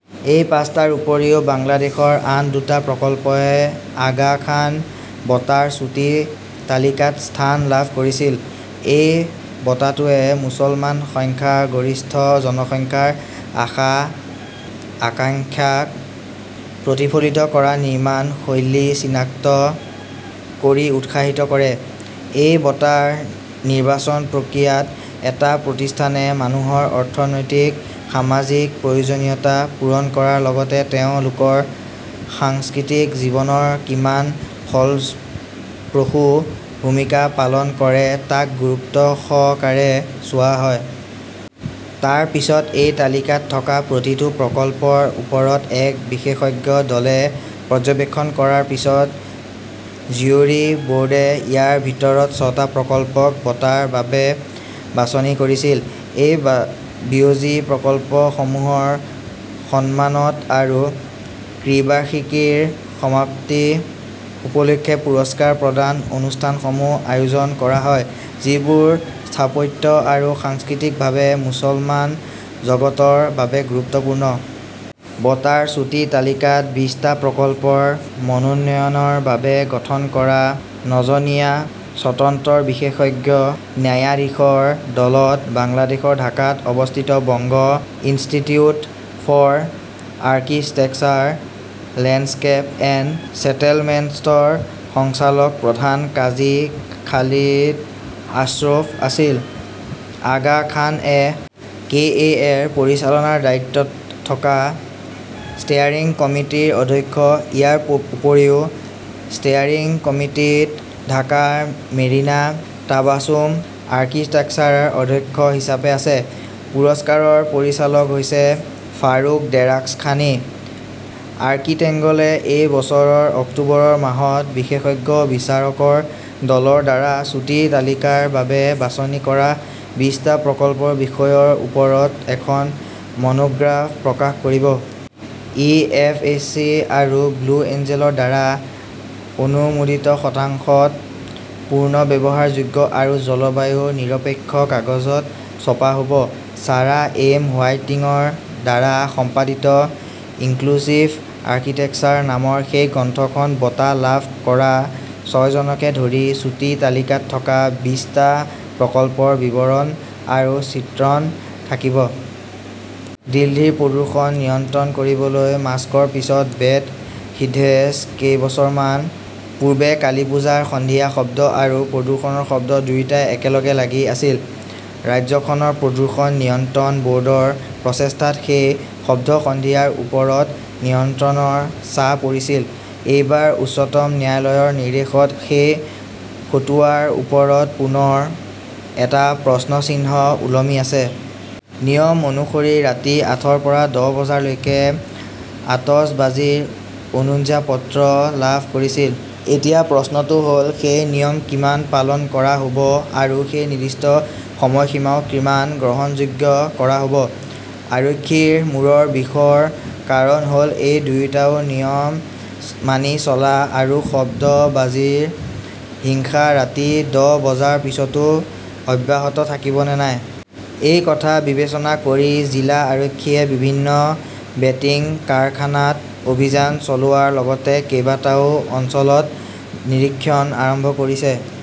এই পাঁচটাৰ উপৰিও বাংলাদেশৰ আন দুটা প্ৰকল্পই আগা খান বঁটাৰ চুটি তালিকাত স্থান লাভ কৰিছিল। এই বঁটাটোৱে মুছলমান সংখ্যাগৰিষ্ঠ জনসংখ্যাৰ আশা-আকাংক্ষাক প্ৰতিফলিত কৰা নিৰ্মাণ শৈলী চিনাক্ত কৰি উৎসাহিত কৰে। এই বঁটাৰ নিৰ্বাচন প্ৰক্ৰিয়াত এটা প্ৰতিষ্ঠানে মানুহৰ অৰ্থনৈতিক-সামাজিক প্ৰয়োজনীয়তা পূৰণ কৰাৰ লগতে তেওঁলোকৰ সাংস্কৃতিক জীৱনত কিমান ফলপ্ৰসূ ভূমিকা পালন কৰে তাক গুৰুত্বসহকাৰে চোৱা হয়। তাৰ পিছত এই তালিকাত থকা প্ৰতিটো প্ৰকল্পৰ ওপৰত এক বিশেষজ্ঞ দলে পৰ্যবেক্ষণ কৰাৰ পিছত জ্যুৰী বৰ্ডে ইয়াৰ ভিতৰত ছটা প্ৰকল্পক বঁটাৰ বাবে বাছনি কৰিছিল। এই বিয়জী প্ৰকল্পসমূহৰ সন্মানত আৰু ত্ৰিবাৰ্ষিকীৰ সমাপ্তি উপলক্ষে পুৰস্কাৰ প্ৰদান অনুষ্ঠানসমূহ আয়োজন কৰা হয়, যিবোৰ স্থাপত্য আৰু সাংস্কৃতিকভাৱে মুছলমান জগতৰ বাবে গুৰুত্বপূৰ্ণ। বঁটাৰ চুটি তালিকাত বিশটা প্ৰকল্পৰ মনোনয়নৰ বাবে গঠন কৰা ন'জনীয়া স্বতন্ত্ৰ বিশেষজ্ঞ ন্যায়াধীশৰ দলত বাংলাদেশৰ ঢাকাত অৱস্থিত Banga institute for architecture landscape and ছেটেলমেণ্টছৰ সঞ্চালক প্ৰধান কাজী খালিদ আশ্ৰফ আছিল। আগা খান এ. কে. এ. এ. -ৰ পৰিচালনাৰ দায়িত্বত থকা ষ্টেয়াৰিং কমিটিৰ অধ্যক্ষ। ইয়াৰ উপৰিও ষ্টেয়াৰিং কমিটীত ঢাকাৰ মেৰিনা টাবাছুম আৰ্কিটেক্টছৰ অধ্যক্ষ হিচাপে আছে। পুৰস্কাৰৰ পৰিচালক হৈছে ফাৰুখ দেৰাখছানী। আৰ্কিটেংগলে এই বছৰৰ অক্টোবৰ মাহত বিশেষজ্ঞ বিচাৰকৰ দলৰ দ্বাৰা চুটি তালিকাৰ বাবে বাছনি কৰা বিশটা প্ৰকল্পৰ বিষয়ৰ ওপৰত এখন মনোগ্ৰাফ প্ৰকাশ কৰিব। ই এফএছচি আৰু ব্লু এঞ্জেলৰ দ্বাৰা অনুমোদিত শতাংশত পুনৰ্ব্যৱহাৰযোগ্য আৰু জলবায়ু নিৰপেক্ষ কাগজত ছপা হ 'ব। ছাৰা এম. হোৱাইটিংৰ দ্বাৰা সম্পাদিত 'ইনক্লুচিভ আৰ্কিটেক্সাৰ "নামৰ সেই গ্ৰন্থখনত বঁটা লাভ কৰা ছয়জনকে ধৰি চুটি তালিকাত থকা বিশটা প্ৰকল্পৰ বিৱৰণ আৰু চিত্ৰণ থাকিব। দিল্লীৰ প্ৰদূষণ নিয়ন্ত্ৰণ কৰিবলৈ মাস্কৰ পিছত বেট সিদ্ধেশ কেইবছৰমান পূৰ্বে কালী পূজাৰ সন্ধিয়া শব্দ আৰু প্ৰদূষণৰ শব্দ দুয়োটাই একেলগে লাগি আছিল। ৰাজ্যখনৰ প্ৰদূষণ নিয়ন্ত্ৰণ বৰ্ডৰ প্ৰচেষ্টাত সেই শব্দ-সন্ধিয়াৰ ওপৰত নিয়ন্ত্ৰণৰ ছাঁ পৰিছিল। এইবাৰ উচ্চতম ন্যায়ালয়ৰ নিৰ্দেশত সেই ফতোৱাৰ ওপৰত পুনৰ এটা প্ৰশ্নচিহ্ন ওলমি আছে। নিয়ম অনুসৰি ৰাতি আঠৰ পৰা দহ বজালৈকে আতচবাজিৰ অনুজ্ঞাপত্ৰ লাভ কৰিছিল। এতিয়া প্ৰশ্নটো হ 'ল, সেই নিয়ম কিমান পালন কৰা হ'ব আৰু সেই নিৰ্দিষ্ট সময়সীমাও কিমান গ্ৰহণযোগ্য কৰা হ 'ব? আৰক্ষীৰ মূৰৰ বিষৰ কাৰণ হ'ল এই দুয়োটাই নিয়ম মানি চলা আৰু শব্দবাজিৰ হিংসা ৰাতি দহ বজাৰ পিছতো অব্যাহত থাকিব নে নাই। এই কথা বিবেচনা কৰি জিলা আৰক্ষীয়ে বিভিন্ন বেটিং কাৰখানাত অভিযান চলোৱাৰ লগতে কেইবাটাও অঞ্চলত নিৰীক্ষণ আৰম্ভ কৰিছে।